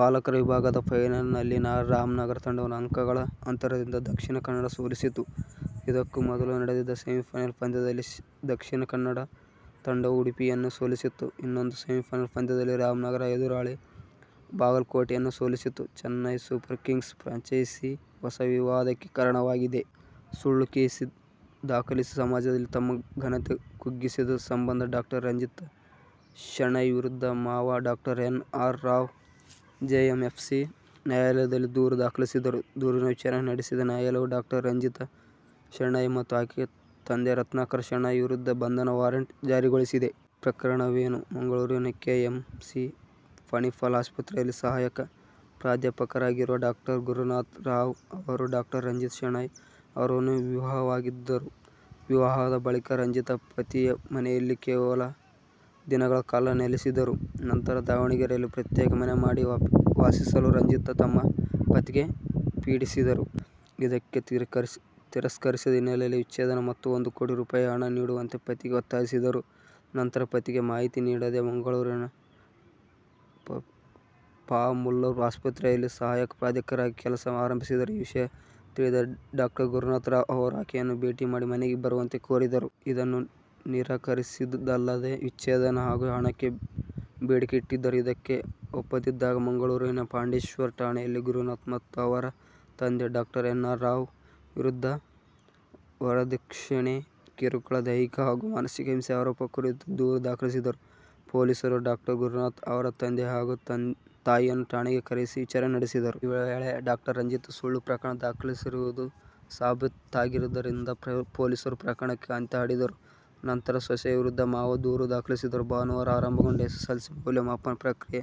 ಬಾಲಕರ ವಿಭಾಗದ ಫೈನಲ್ನಲ್ಲಿ ರಾಮನಗರ ತಂಡವನ್ನು ಅಂಕಗಳ ಅಂತರದಿಂದ ದಕ್ಷಿಣ ಕನ್ನಡ ಸೋಲಿಸಿತ್ತು. ಇದಕ್ಕೂ ಮೊದಲು ನಡೆದಿದ್ದ ಸೆಮಿಫೈನಲ್ ಪಂದ್ಯದಲ್ಲಿ ದಕ್ಷಿಣ ಕನ್ನಡ ತಂಡವು ಉಡುಪಿಯನ್ನು ಸೋಲಿಸಿತ್ತು. ಇನ್ನೊಂದು ಸೆಮಿಫೈನಲ್ ಪಂದ್ಯದಲ್ಲಿ ರಾಮನಗರ ಎದುರಾಳಿ ಬಾಗಲಕೋಟೆಯನ್ನು ಸೋಲಿಸಿತ್ತು. ಚೆನ್ನೈ ಸೂಪರ್ ಕಿಂಗ್ಸ್ ಫ್ರಾಂಚೈಸಿ ಹೊಸ ವಿವಾದಕ್ಕೆ ಕಾರಣವಾಗಿದೆ. ಸುಳ್ಳು ಕೇಸು ದಾಖಲಿಸಿ ಸಮಾಜದಲ್ಲಿ ತಮ್ಮ ಘನತೆ ಕುಗ್ಗಿಸಿದ ಸಂಬಂಧ ಡಾ. ರಂಜಿತಾ ಶೆಣೈ ವಿರುದ್ಧ ಮಾವ Dr. N. R. Rao JMFC ನ್ಯಾಯಾಲಯದಲ್ಲಿ ದೂರು ದಾಖಲಿಸಿದ್ದರು. ದೂರಿನ ವಿಚಾರಣೆ ನಡೆಸಿದ ನ್ಯಾಯಾಲಯವು ಡಾ. ರಂಜಿತಾ ಶೆಣೈ ಮತ್ತು ಆಕೆಯ ತಂದೆ ರತ್ನಾಕರ್ ಶೆಣೈ ವಿರುದ್ಧ ಬಂಧನ ವಾರಂಟ್ ಜಾರಿಗೊಳಿಸಿದೆ. ಪ್ರಕರಣವೇನು?: ಮಂಗಳೂರಿನ ಕೆ. ಎಂ. ಸಿ. ಮಣಿಪಾಲ್ ಆಸ್ಪತ್ರೆಯಲ್ಲಿ ಸಹಾಯಕ ಪ್ರಾಧ್ಯಾಪಕರಾಗಿರುವ ಡಾ. ಗುರುನಾಥ್ ರಾವ್ ಅವರು ಡಾ. ರಂಜಿತಾ ಶೆಣೈ ಅವರನ್ನು ವಿವಾಹವಾಗಿದ್ದರು. ವಿವಾಹದ ಬಳಿಕ ರಂಜಿತಾ, ಪತಿಯ ಮನೆಯಲ್ಲಿ ಕೇವಲ ದಿನಗಳ ಕಾಲ ನೆಲೆಸಿದ್ದರು. ನಂತರ ದಾವಣಗೆರೆಯಲ್ಲಿ ಪ್ರತ್ಯೇಕ ಮನೆ ಮಾಡಿ ವಾಸಿಸಲು ರಂಜಿತಾ ತಮ್ಮ ಪತಿಗೆ ಪೀಡಿಸಿದ್ದರು. ಇದಕ್ಕೆ ತಿರಸ್ಕರಿಸಿದ ಹಿನ್ನೆಲೆಯಲ್ಲಿ ವಿಚ್ಛೇದನ ಮತ್ತು ಒಂದು ಕೋಟಿ ರೂ. ಹಣ ನೀಡುವಂತೆ ಪತಿಗೆ ಒತ್ತಾಯಿಸಿದ್ದರು. ನಂತರ ಪತಿಗೆ ಮಾಹಿತಿ ನೀಡದೆ ಮಂಗಳೂರಿನ ಫಾ. ಮುಲ್ಲರ್ ಆಸ್ಪತ್ರೆಯಲ್ಲಿ ಸಹಾಯಕ ಪ್ರಾಧ್ಯಾಪಕರಾಗಿ ಕೆಲಸ ಆರಂಭಿಸಿದ್ದರು. ಈ ವಿಷಯ ತಿಳಿದ ಡಾ. ಗುರುನಾಥ್ ರಾವ್ ಅವರು ಆಕೆಯನ್ನು ಭೇಟಿ ಮಾಡಿ ಮನೆಗೆ ಬರುವಂತೆ ಕೋರಿದ್ದರು. ಇದನ್ನು ನಿರಾಕರಿಸಿದ್ದಲ್ಲದೆ ವಿಚ್ಛೇದನ ಹಾಗೂ ಹಣಕ್ಕೆ ಬೇಡಿಕೆಯಿಟ್ಟಿದ್ದರು. ಇದಕ್ಕೆ ಒಪ್ಪದಿದ್ದಾಗ ಮಂಗಳೂರಿನ ಪಾಂಡೇಶ್ವರ ಠಾಣೆಯಲ್ಲಿ ಗುರುನಾಥ್ ಮತ್ತು ಅವರ ತಂದೆ ಡಾ. ಎನ್. ಆರ್. ರಾವ್ ವಿರುದ್ಧ ವರದಕ್ಷಿಣೆ ಕಿರುಕುಳ, ದೈಹಿಕ ಹಾಗೂ ಮಾನಸಿಕ ಹಿಂಸೆ ಆರೋಪ ಕುರಿತು ದೂರು ದಾಖಲಿಸಿದ್ದರು. ಪೊಲೀಸರು ಡಾ. ಗುರುನಾಥ್, ಅವರ ತಂದೆ ಹಾಗೂ ತಾಯಿಯನ್ನು ಠಾಣೆಗೆ ಕರೆಸಿ ವಿಚಾರಣೆ ನಡೆಸಿದ್ದರು. ಈ ವೇಳೆ ಡಾ. ರಂಜಿತಾ ಸುಳ್ಳು ಪ್ರಕರಣ ದಾಖಲಿಸಿರುವುದು ಸಾಬೀತಾಗಿದ್ದರಿಂದ ಪೊಲೀಸರು ಪ್ರಕರಣಕ್ಕೆ ಅಂತ್ಯ ಹಾಡಿದ್ದರು. ನಂತರ ಸೊಸೆಯ ವಿರುದ್ಧ ಮಾವ ದೂರು ದಾಖಲಿಸಿದ್ದರು. ಭಾನುವಾರ ಆರಂಭಗೊಂಡ ಎಸ್ಸೆಸ್ಸೆಲ್ಸಿ ಮೌಲ್ಯಮಾಪನ ಪ್ರಕ್ರಿಯೆ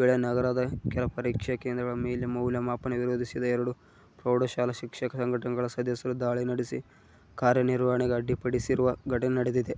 ವೇಳೆ ನಗರದ ಕೆಲ ಪರೀಕ್ಷಾ ಕೇಂದ್ರಗಳ ಮೇಲೆ ಮೌಲ್ಯಮಾಪನ ವಿರೋಧಿಸಿದ್ದ ಎರಡು ಪ್ರೌಢಶಾಲಾ ಶಿಕ್ಷಕ ಸಂಘಟನೆಗಳ ಸದಸ್ಯರು ದಾಳಿ ನಡೆಸಿ ಕಾರ್ಯನಿರ್ವಹಣೆಗೆ ಅಡ್ಡಿ ಪಡಿಸಿರುವ ಘಟನೆ ನಡೆದಿದೆ.